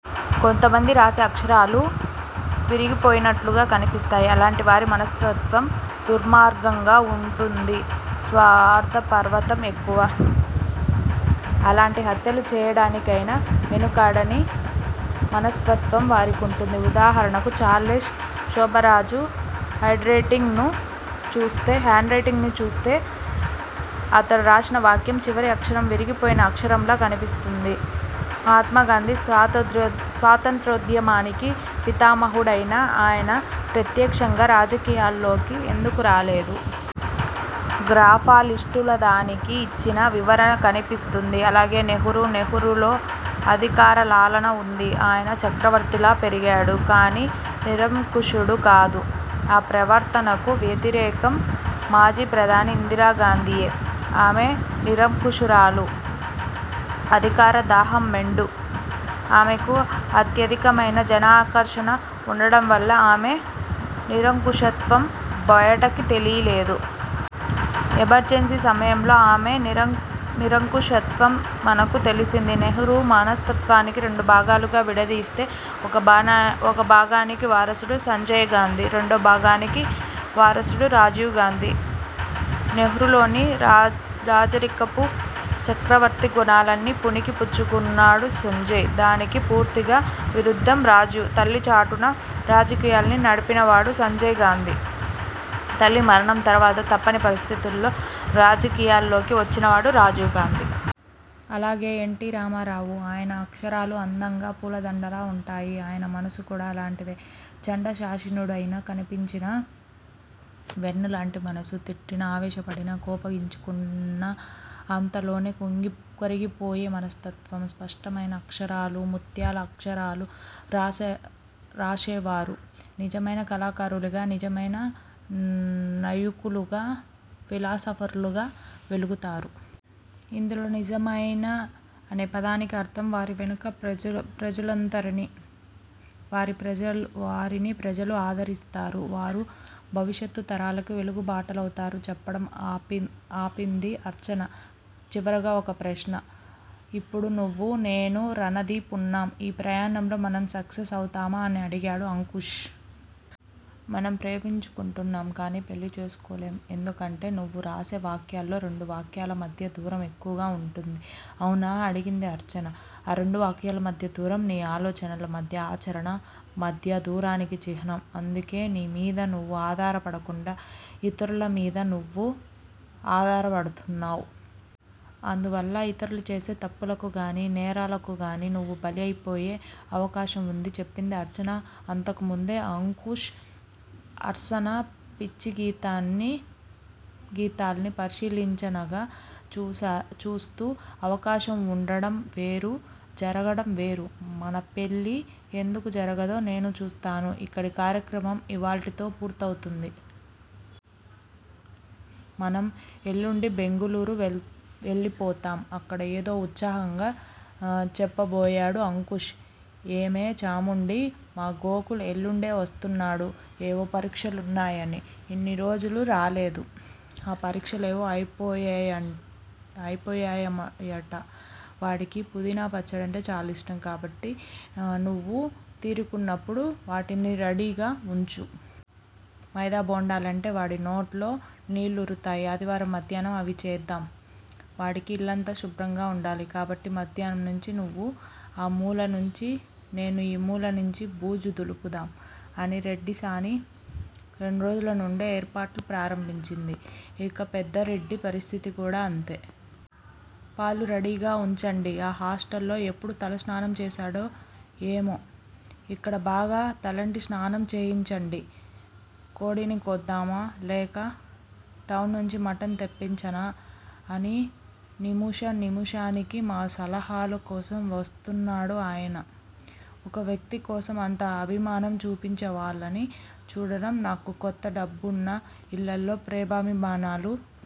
కొంతమంది రాసే అక్షరాలు విరిగిపోయినట్లుగా కనిపిస్తాయి. అలాంటివారి మనస్తత్వం దుర్మార్గంగా వుంటుంది. స్వార్ధపర్వతం ఎక్కువ. ఎలాంటి హత్యలు చేయడానికికయినా వెనుకాడని మనస్తత్వం వారికుంటుంది. ఉదాహారణకు ఛార్లెస్ శోభరాజ హేండ్రైటింగ్ ను చూస్తె అతడు రాసిన వాక్యం చివరి అక్షరం విరిగిపోయిన అక్షరంలా కనిపిస్తోంది. మహాత్మాగాంధీ స్వాతంత్రోధ్యమానికి పితామహుడైన, అయన ప్రత్యక్ష్యంగా రాజకీయాల్లోకి ఎందుకు రాలేదు? గ్రాఫాలజిస్టులుదానికి ఇచ్చిన వివరణ కనిపిస్తుంది. అలాగే నెహ్రూ. నెహ్రూ లో అధికారలాలన వుంది. అయన చక్రవర్తిలా పెరిగాడు. కానీ నిరంకుశుడు కాదు. అ ప్రవర్తనకు వ్యతిరేకం మాజీ ప్రధాని ఇందిరాగాంధీయే. ఆమె నిరంకుశురాలు. అధికార దాహం మెండు. ఆమెకు అత్యధికమైనా జనాకర్షణ వుండడంవల్ల ఆమె నిరంకుశత్వం బయటకి తెలీలేదు. ఎమర్జన్సీ సమయంలో ఆమె నిరంకుశత్వం మనకు తెలిసింది. నెహ్రూ మనస్తత్వాన్ని రెండు భాగాలుగా విడదీస్తే, ఒక భాగానికి వారసుడు సంజయ్ గాంధీ, రేండో భాగానికీ వారసుడు రాజీవ్ గాంధీ. నెహ్రూలోని రాజరికపు చక్రవర్తి గుణాలన్నీ పుణికి పుచ్చుకున్నాడు సంజయ్. దానికి పూర్తిగా విరుద్దం రాజీవ్. తల్లిచాటున రాజకీయాల్ని నడిపినవాడు సంజయ్ గాంధీ తల్లి మరణం తర్వాత తప్పని పరిస్టితుల్లో రాజకీయాల్లోకి వచ్చినవాడు రాజీవ్ గాంధీ. అలాగే ఎన్. టిరామారావు. అయన అక్షరాలు అందంగా, పూలదండలా వుంటాయి. అయన మనసు కూడా అలాంటిదే. చండ శాసననుడిలా కనిపించినా, వెన్నలాంటి మనసు. తిట్టినా, అవేశాపడినా, కోపగించుకున్నా అంతలోనే కరిగిపోయే మనస్తత్వం. స్పష్టమైనా అక్షరాలూ, ముత్యాల్లా అక్షరాలు రాసేవరు నిజమైన కళాకారులుగా, నిజమైన నయుకులుగా, ఫిలాసఫర్లుగా వెలుగుతారు. ఇందులో నిజమైన అనే పదానికి అర్ధం వారి వెనుక ప్రజలుంతరణి. వారిని ప్రజలు ఆరాధిస్తారు. వారు భవిష్యత్తు తరాలకు వెలుగుబాటలవుతారు చెప్పడం ఆపింది అర్చన. చివరగా ఒక ప్రశ్న. ఇప్పుడు నువ్వు, నేను, రణదీఫ్ వున్నాం ఈ ప్రయాణంలో మనం సక్సెస్ అవుతామా? అని అడిగాడు అంకుష్. మనం ప్రేమించుకొంటున్నాం కానీ పెళ్ళి చేసుకోలేం ఎందుకంటే నువ్వు రాసే వాక్యాల్లో రెండు వాక్యాల మధ్య దూరం ఎక్కువగా వుంటుంది అవునా? అడిగింది అర్చన. ఆ రెండు వాక్యాల మధ్య దూరం నీ ఆలోచనల మధ్య ఆచరణ మధ్యా దూరానికి చిహ్నం అందుకే నీ మీద నువ్వు ఆధారపడకుండా యితురుల మీద నువ్వు అద్జ్హారపడ్డావ్. అందువల్లా ఇతరులు చేసే తప్పులకు గానీ, నేరాలకు గానీ నువ్వు బలిపోయే అవకాశం వుంది చెప్పింది అర్చన అంతకుముందే అంకుష్ అర్సన పిచ్చిగీతాల్నీ పరిశీలనగా చూస్తూ. అవకాశం వుండడం వేరు జరగడం వేరు. మన పెళ్ళి ఎందుకు జరగదో నేను చూస్తాను. ఇక్కడి కర్యాక్రమం ఇవ్వాల్టితో పూర్తవుతోంది. మనం ఎల్లుండి బెంగుళూరు వెళ్ళిపోతాం. అక్కడ ఏదో ఉత్సాహంగా చెప్పబోయాడు అంకుష్. ఏమే చాముండీ! మా గోకుల్ ఎల్లుండే వస్తున్నాడు, ఏవో పరీక్ష లున్నాయని ఇన్ని రోజులు రాలేదు. అ పరీక్షలేవో అయిపోయాయట. వాడికి పుదీనా పచ్చడంటే చాలా ఇష్టం, కాబట్టి నీకు తీరికున్నప్పుడు వాటిని రెడీగా వుంచు. మైదా బోండాలంటే వాడి నోట్లో నీళ్ళూరుతాయి. ఆదివారం మధ్యాహ్నం అవి చేద్దాం. వాడికి ఇల్లంతా శుభ్రంగా వుండాలి. కాబట్టి మధ్యాహ్నం నుంచి నువ్వు ఆ మూలనుంచీ నేను ఈ మూల నుంచి బూజు దులుపుదాం అని రెడ్డిసాని రెండ్రోజుల నుండే ఏర్పాట్లు ప్రారంభించింది. ఇక పెద్ద రెడ్డి పరిస్థితి కూడా అంతే. పాలు రెడీగా వుంచండి. ఆ హాస్టల్ లో ఎప్పుడు తలస్నానం చేశాడో ఏమో! ఇక్కడ బాగా తలంటి స్నానం చేయించండి. కోడిని కోద్దామా? లేక టౌన్ నుంచి మటన్ తెప్పించనా అని నిముష నిముషానికి మా సలహాల కోసం వస్తున్నాడు ఆయన. ఒక వ్యక్తి కోసం అంత అభిమానం చూపించేవాళ్ళని చూడడం నాకు కొత్త డబ్బున్న ఇళ్ళల్లో ప్రేమాభిమానాలు